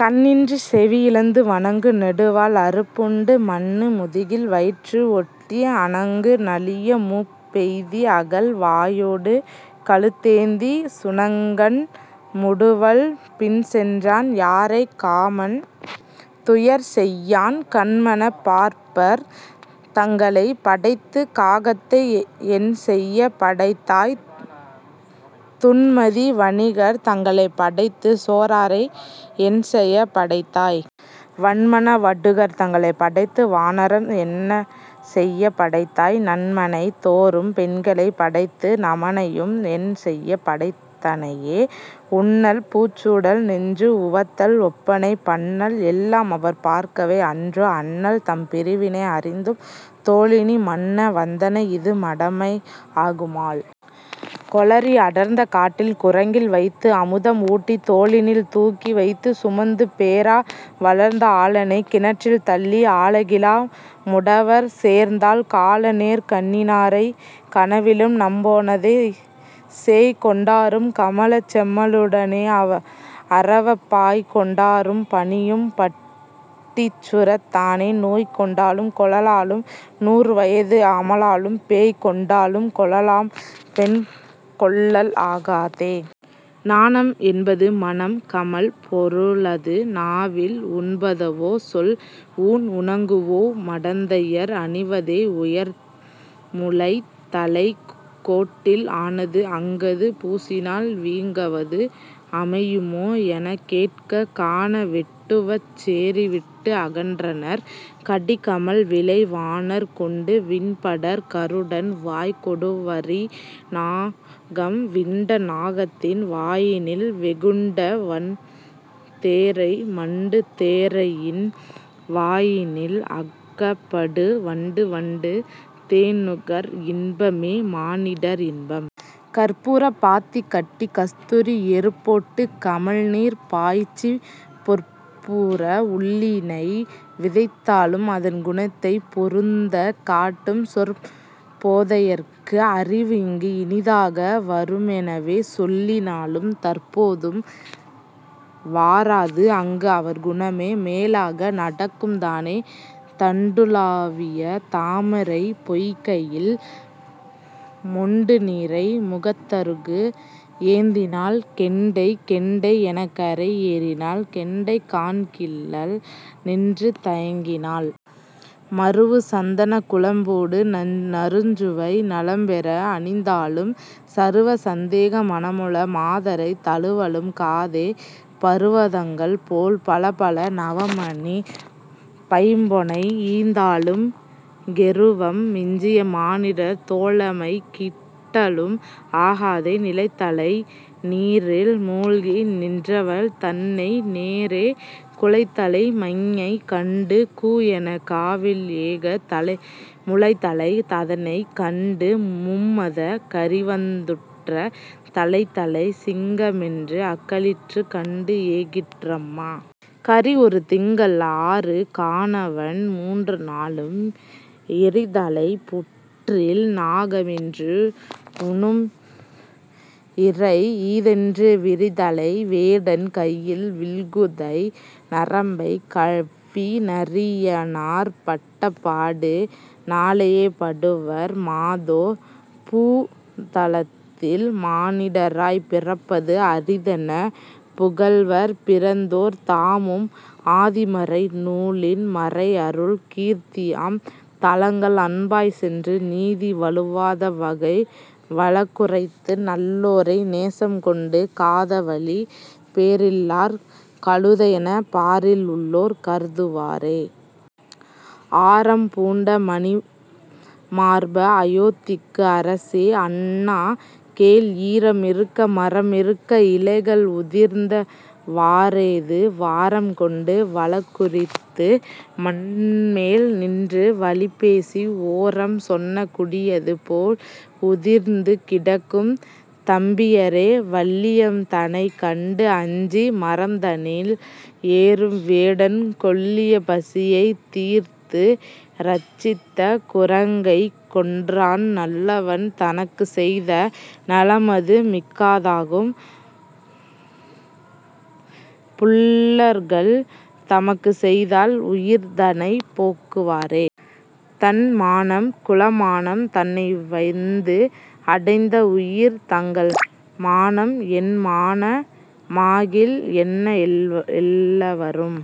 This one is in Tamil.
கண்இன்றிச் செவி இழந்து வணங்கு நெடுவால் அறுப்பு உண்டு மன்னு முதுகில் வயிறு ஒட்டி அணங்கு நலிய மூப்பெய்தி அகல் வாயோடு கழுத்தேந்திச் சுணங்கன் முடுவல் பின்சென்றால் யாரைக் காமன் துயர் செய்யான்? கன்மனப் பார்ப்பார் தங்களைப் படைத்துக் காகத்தை என்செயப் படைத்தாய்? துன்மதி வணிகர் தங்களைப் படைத்துச் சோரரை என்செயப் படைத்தாய்? வன்மன வடுகர் தங்களைப் படைத்து வானரம் என்செயப் படைத்தாய்? நன்மனை தோறும் பெண்களைப் படைத்து நமனையும் என்செயப் படைத்தனையே? உண்ணல் பூச்சூடல் நெஞ்சு உவத்தல் ஒப்பனை பண்ணல் எல்லாம் அவர் பார்க்கவே அன்றோ? அண்ணல் தம் பிரிவினை அறிந்தும் தோழிநீ மண்ண வந்தனை இது மடமை ஆகுமால். கோளரி அடர்ந்த காட்டில் குறங்கில் வைத்து அமுதம் ஊட்டித் தோளினில் தூக்கி வைத்துச் சுமந்து பேறா வளர்ந்த ஆளனைக் கிணற்றில் தள்ளி அழகிலா முடவர் சேர்ந்தாள் காள நேர் கண்ணினாரைக் கனவிலும் நம்பொணாதே. சேய் கொண்டாரும் கமலச் செம்மலுடனே அரவப் பாய் கொண்டாரும் பணியும் பட்டீசுரத் தானே நோய் கொண்டாலும் கொளலாம் நூறுவயது ஆமளவும் பேய் கொண்டாலும் கொளலாம் பெண்கொள்ளல் ஆகாதே. நானம் என்பது மணம் கமழ் பொருளது நாவில் உண்பதுவோ சொல்? ஊன் உணங்குவோய் மடந்தையர் அணிவதே உயர்முலைத் தலைக் கோட்டில் ஆனது அங்கது பூசினால் வீங்கவது அமையுமோ எனக் கேட்க கான வேட்டுவச் சேரி விட்டு அகன்றனர் கடி கமழ் விலை வாணர். கொண்டு விண்படர் கருடன் வாய்க் கொடுவரி நாகம் விண்ட நாகத்தின் வாயினில் வெகுண்ட வன்தேரை மண்டு தேரையின் வாயினில் அகப்படு வண்டு வண்டு தேன்நுகர் இன்பமே மானிடர் இன்பம். கற்பூரப் பாத்தி கட்டிக் கஸ்தூரி எருப்போட்டுக் கமழ்நீர் பாய்ச்சிப் பொற்பூர உள்ளியினை விதைத்தாலும் அதன் குணத்தைப் பொருந்தக் காட்டும் சொற் போதையருக்கு அறிவுஇங்கு இனிதாக வருமெனவே சொல்லி னாலும் நற்போதம் வாராது அங்கு அவர் குணமே மேலாக நடக்கும் தானே. தண்டுலாவிய தாமரைப் பொய்கையில் மொண்டு நீரை முகத்தருகு ஏந்தினாள் கெண்டை கெண்டை எனக்கரை ஏறினாள் கெண்டை காண்கிலள் நின்று தயங்கினாள். மருவு சந்தனக் குழம்பொடு நறுஞ்சுவை நலம்பெற அணிந்தாலும் சருவ சந்தேக மனமுள மாதரைத் தழுவலும் காதே பருவதங்கள் போல் பலபல நவமணிப் பைம்பொனை ஈந்தாலும் கெருவம் மிஞ்சிய மானிடர் தோழமை கிட்டலும் ஆகாதே. நிலைத்தலை நீரில் மூழ்கி நின்றவள் தன்னை நேரே குலைத்தலை மஞ்ஞை கண்டு கூ எனக் காவில்ஏக முலைத்தலை அதனைக் கண்டு மும்மதக் கரிவந்துற்ற தலைத்தலைச் சிங்கம் என்று அக்களிறு கண்டு ஏகிற்றம்மா. கரி ஒரு திங்கள் ஆறு கானவன் மூன்றுநாளும் இரிதலைப் புற்றில் நாகம் இன்று உணும் இரை ஈதென்று விரிதலை வேடன் கையில் வில்குதை நரம்பைக் கவ்வி நரியனார் பட்ட பாடு நாளையே படுவர் மாதோ. பூதலத்தில் மானிடராய்ப் பிறப்பது அரிதெனப் புகல்வர் பிறந்தோர் தாமும் ஆதிமறை நூலின் மறைஅருள் கீர்த்தியாம் தலங்கள் அன்பாய்ச் சென்று நீதி வழுவாத வகை வழக்குரைத்து நல்லோரை நேசம் கொண்டு காதவழி பேரில்லார் கழுதை எனப் பாரில் உள்ளோர் கருதுவாரே. ஆரம் பூண்ட மணிமார்பா அயோத்திக்கு அரசே அண்ணா கேள் ஈரம் இருக்க மரம் இருக்க இலைகள் உதிர்ந்த வாரேது வாரம் கொண்டு வழக் குரைத்து மண்மேல் நின்று வலிபேசி ஓரம் சொன்ன குடியது போல் உதிர்ந்து கிடக்கும் தம்பியரே. வல்லியம் தனைக் கண்டு அஞ்சி மரம்தனில் ஏறும் வேடன் கொல்லிய பசியைத் தீர்த்து ரட்சித்த குரங்கைக் கொன்றான் நல்லவன் தனக்குச் செய்த நலமது மிக்கதாகும் புல்லர்கள் தமக்குச் செய்தால் உயிர்தனைப் போக்குவாரே. தன்மானம் குலமானம் தன்னை வந்து அடைந்த உயிர் தங்கள் மானம் என்மான மாகில் என்ன எல்லவரும்